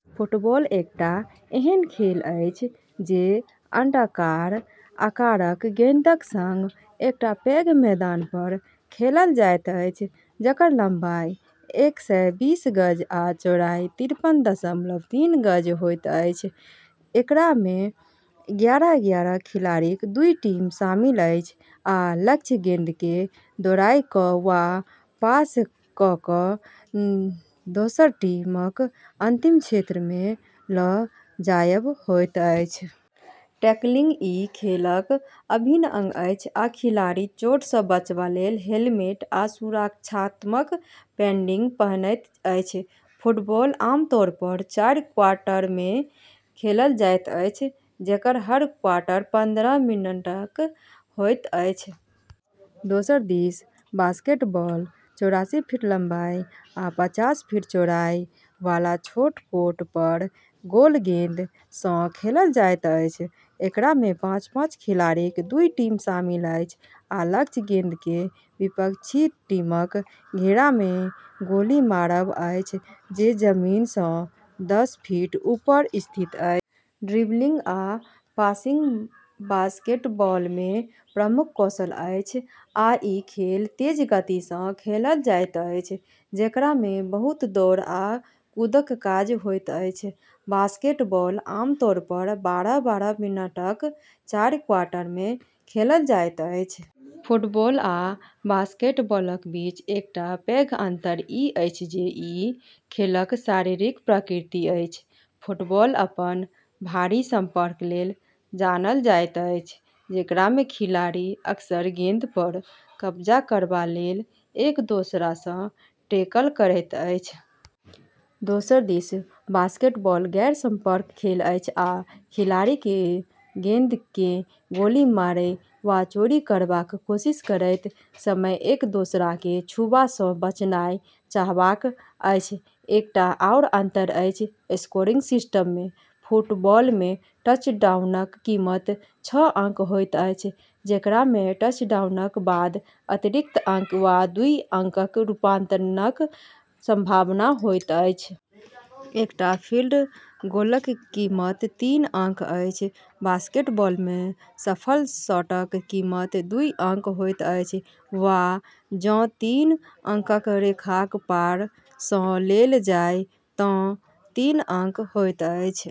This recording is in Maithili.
फुटबॉल एकटा एहन खेल अछि जे अंडाकार आकारक गेंदक संग एकटा पैघ मैदान पर खेलल जाइत अछि जकर लंबाई एक सय बीस गज आ चौड़ाई तिरपन दशमलव तीन गज होइत अछि। एकरामे एगारह-एगारह खिलाड़ीक दुइ टीम शामिल अछि, आ लक्ष्य गेंदकेँ दौड़ाय क’ वा पास क’ क’ दोसर टीमक अंतिम क्षेत्रमे ल’ जायब होइत अछि। टैकलिंग ई खेलक अभिन्न अंग अछि, आ खिलाड़ी चोट सँ बचबा लेल हेलमेट आ सुरक्षात्मक पैडिंग पहनैत अछि। फुटबॉल आमतौर पर चारि क्वार्टरमे खेलल जाइत अछि, जेकर हर क्वार्टर पन्द्रह मिनटक होइत अछि। दोसर दिस बास्केटबॉल चौरासी फीट लम्बाई आ पचास फीट चौड़ाई वाला छोट कोर्ट पर गोल गेंद सँ खेलल जाइत अछि। एकरामे पाँच-पाँच खिलाड़ीक दुइ टीम शामिल अछि, आ लक्ष्य गेंदकेँ विपक्षी टीमक घेरामे गोली मारब अछि, जे जमीन सँ दस फीट ऊपर स्थित अछि। ड्रिबलिंग आ पासिंग बास्केटबॉलमे प्रमुख कौशल अछि, आ ई खेल तेज गति सँ खेलल जाइत अछि जेकरामे बहुत दौड़ आ कूदक काज होइत अछि। बास्केटबॉल आमतौर पर बारह-बारह मिनटक चारि क्वार्टरमे खेलल जाइत अछि। फुटबॉल आ बास्केटबॉलक बीच एकटा पैघ अंतर ई अछि जे ई खेलक शारीरिक प्रकृति अछि। फुटबॉल अपन भारी संपर्क लेल जानल जाइत अछि, जेकरामे खिलाड़ी अक्सर गेंद पर कब्जा करबा लेल एक-दोसरा सँ टैकल करैत अछि। दोसर दिस बास्केटबॉल गैर-संपर्क खेल अछि, आ खिलाड़ीकेँ गेंदकेँ गोली मारै वा चोरी करबाक कोशिश करैत समय एक-दोसराकेँ छूबा सँ बचनाइ चाहबाक अछि। एकटा आओर अंतर अछि स्कोरिंग सिस्टममे। फुटबॉलमे टचडाउनक कीमत छह अंक होइत अछि, जेकरामे टचडाउनक बाद अतिरिक्त अंक वा दुइ अंकक रूपांतरणक संभावना होइत अछि। एकटा फील्ड गोलक कीमत तीन अंक अछि। बास्केटबॉलमे सफल शॉटक कीमत दुइ अंक होइत अछि, वा जँ तीन अंकक रेखाक पार सँ लेल जाय तँ तीन अंक होइत अछि।